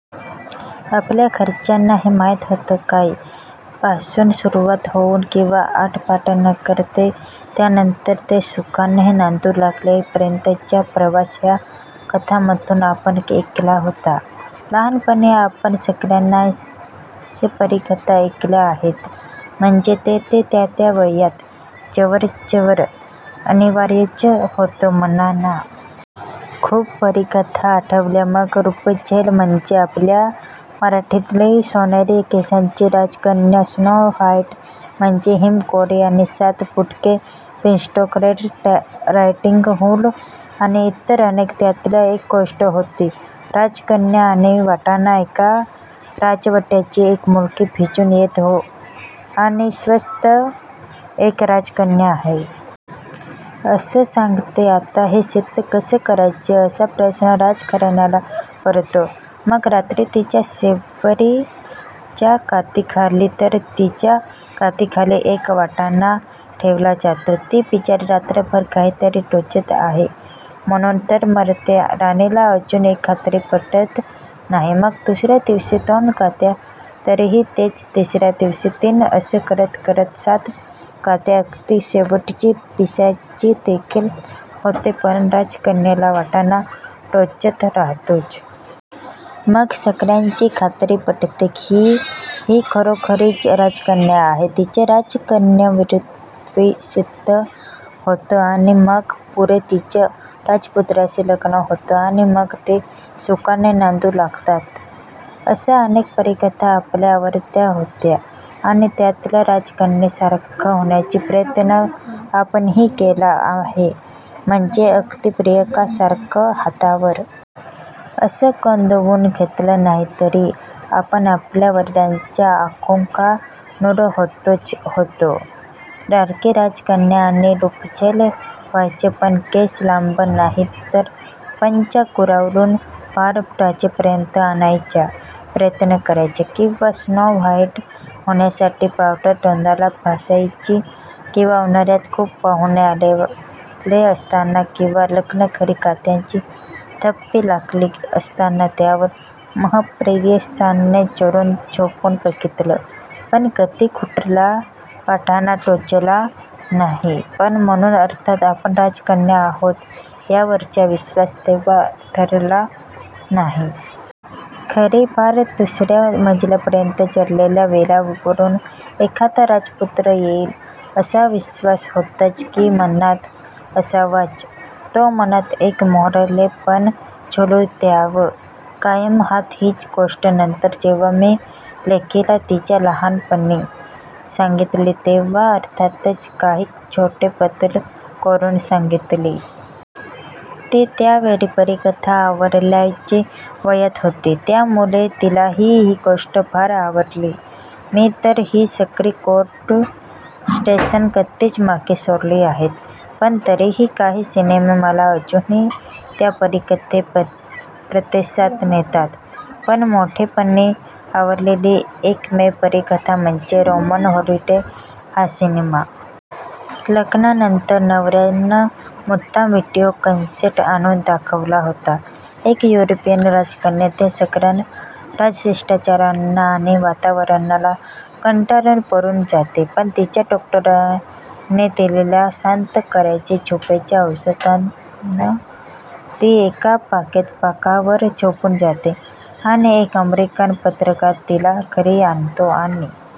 आपल्या घरच्यांना हे माहिती होतं की काय? पासून सुरुवात होऊन किंवा आटपाटनगर ते त्यानंतर ते सुखाने नांदू लागलेपर्यंतचा प्रवास ह्या कथांमधून आपण ऐकला होता. लहानपणी आपण सगळ्यांनीच परीकथा ऐकल्या आहेत, म्हणजे ते-ते त्या-त्या वयात जवळजवळ अनिवार्यच होतं म्हणा ना! खूप परीकथा आठवल्या मग! रपुंझेल म्हणजे आपल्या मराठीतली सोनेरी केसांची राजकन्या, स्नो व्हाइट म्हणजे हिमगौरी आणि सात बुटके, बिनस्टॉक, रेड रायडिंगहूड आणि इतर अनेक.. त्यातलीच एक गोष्ट होती, राजकन्या आणि वाटाणा एका राजवाड्यात एक मुलगी भिजून येते आणि ती स्वतः एक राजकन्या आहे. असं सांगते, आता हे सिद्ध कसं करायचं असा प्रश्न राजघराण्याला पडतो. मग रात्री तिच्या शेवरीच्या गादीखाली तर तिच्या गादीखाली एक वाटाणा ठेवला जातो, ती बिचारी रात्रभर काहीतरी टोचतं आहे म्हणून तळमळते. राणीला अजून खात्री पटत नाही मग दुसऱ्या दिवशी दोन गाद्या, तरीही तेच, तिसऱ्या दिवशी तीन असं करत करत सात गाद्या, अगदी शेवटची पिसाचीदेखील होतेपण राजकन्येला वाटाणा टोचत राहतोच! मग सगळ्यांची खात्री पटते की ही खरोखरीची राजकन्या आहे! तिचं राजकन्यत्वसिद्ध होतं आणि मग पुढे तिचं त्या राजपुत्राशी लग्न होतं आणि मग ते सुखानं नांदू लागतात. अशा अनेक परीकथा आपल्या आवडत्या होत्या, आणि त्यातल्या राजकन्येसारखं होण्याचा प्रयत्न आपणही केला आहे म्हणजे अगदी प्रियांकासारखं हातावर '! असं गोंदवून घेतलं नाही, तरी आपण आपल्या वडिलांच्या 'आंखोंका नूर' होतोच होतो, लाडकी राजकन्या! आणि रपुंझेल व्हायचं पण केस लांब नाहीत तर पंचा गुंडाळून पार टाचेपर्यंत आणायचा प्रयत्न करायचा किंवा स्नो व्हाइट होण्यासाठी पावडर तोंडाला फासायची किंवा उन्हाळ्यात खूप पाहुणे आलेले असताना, किंवा लग्नघरी गाद्यांची थप्पी लागली असताना त्यावर महत्प्रयासाने चढून झोपून बघितलं पण कधी कुठला वाटाणा टोचला नाही पण म्हणून अर्थात आपण राजकन्या आहोत ह्यावरचा विश्वास तेंव्हा ढळला नाही. घरी पार दुसऱ्या मजल्यापर्यंत चढलेल्या वेलावरून एखादा राजपुत्र येईल असा विश्वास होताच की मनात! असावाच तो मनात! एक मोहरलेपण झुलू द्यावं कायम आत! हीच गोष्ट नंतर जेंव्हा मी लेकीला तिच्या लहानपणी सांगितली तेंव्हा अर्थातच काही छोटे बदल करुन सांगितली! ती त्यावेळी परीकथा आवडायच्या वयात होती त्यामुळे तिलाही ही गोष्ट फार आवडली. मी तर ही सगळी गोड स्टेशन्स कधीच मागे सोडली आहेत पण तरीही काही सिनेमे मला अजून त्या परीकथेच्या प्रदेशात नेतात. पण मोठेपणी आवडलेली एकमेव परीकथा म्हणजे रोमन हॉलिडे हा सिनेमा! लग्नानंतर नवऱ्यानं मुद्दाम विडिओ कॅसेट आणून दाखवला होता. एक युरोपीय राजकन्या त्या सगळ्या राजशिष्टाचाराला आणि वातावरणाला कंटाळून पळून जाते. पण तिच्या डॉक्टरांनी दिलेल्या तिला शांत करायच्या झोपेच्या औषधानं ती एका बागेत बाकावर झोपून जाते, आणि एक अमेरिकन पत्रकार तिला घरी आणतो आणि--